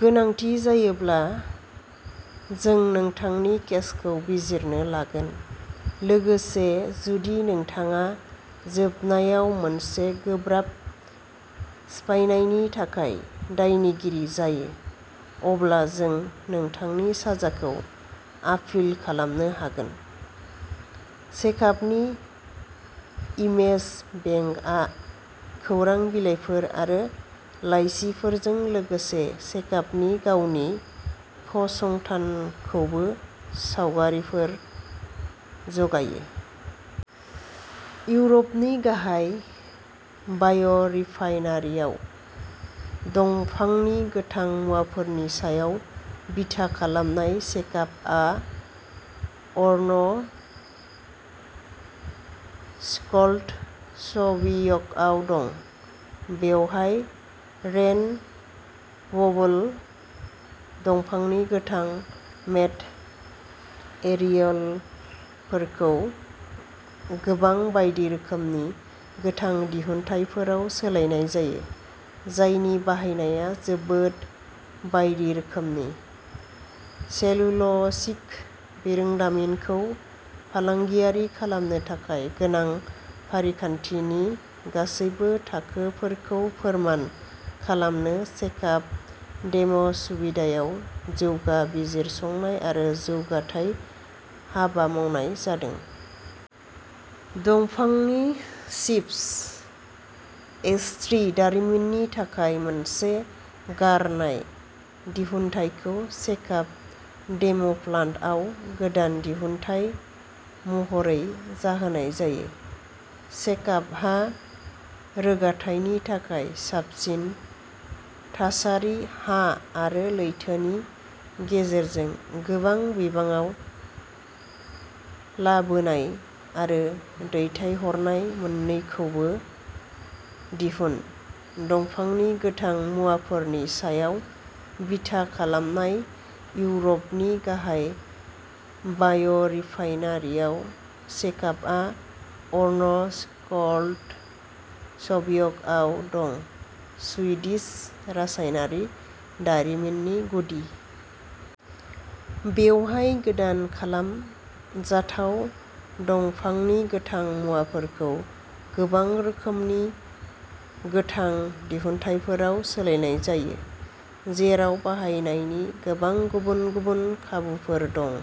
गोनांथि जायोब्ला, जों नोंथांनि केसखौ बिजिरनो लागोन। लोगोसे, जुदि नोंथाङा जोबनायाव मोनसे गोब्राब सिफायनायनि थाखाय दायनिगिरि जायो, अब्ला जों नोंथांनि साजाखौ आपिल खालामनो हागोन। सेकाबनि इमेज बेंकआ खौरां बिलाइफोर आरो लाइसिफोरजों लोगोसे सेकाबनि गावनि फसंथानखौबो सावगारिफोर जगायो। इउरपनि गाहाय बाय'रिफाइनारिआव दंफांनि गोथां मुवाफोरनि सायाव बिथा खालामनाय सेकाबआ अर्न-स्कल्ड्सविकआव दं। बेवहाय रेन-वेबल दंफांनि गोथां मेट-एरियेलफोरखौ गोबां बायदि रोखोमनि गोथां दिहुनथायफोराव सोलायनाय जायो, जायनि बाहायनाया जोबोद बायदि रोखोमनि। सेलुल'सिक बिरोंदामिनखौ फालांगियारि खालामनो थाखाय गोनां फारिखान्थिनि गासैबो थाखोफोरखौ फोरमान खालामनो सेकाब डेम'सुबिदायाव जौगा बिजिरसंनाय आरो जौगाथाय हाबा मावनाय जादों। दंफांनि चिप्स, एस्ट्रि दारिमिननि थाखाय मोनसे गारनाय दिहुनथायखौ सेकाब डेम'प्लान्टआव गोदान दिहुनथाय महरै जाहोनाय जायो। सेकाबहा रोगाथायनि थाखाय साबसिन थासारि हा आरो लैथोनि गेजेरजों गोबां बिबाङाव लाबोनाय आरो दैथायहरनाय मोन्नैखौबो दिहुन। दंफांनि गोथां मुवाफोरनि सायाव बिथा खालामनाय इउरपनि गाहाय बाय'रिफाइनारिआव सेकाबआ अर्नस्कल्ड्सविकआव दं-सुइडिश रासायनारि दारिमिननि गुदि। बेवहाय गोदान खालाम जाथाव दंफांनि गोथां मुवाफोरखौ गोबां रोखोमनि गोथां दिहुनथायफोराव सोलायनाय जायो, जेराव बाहायनायनि गोबां गुबुन-गुबुन खाबुफोर दं।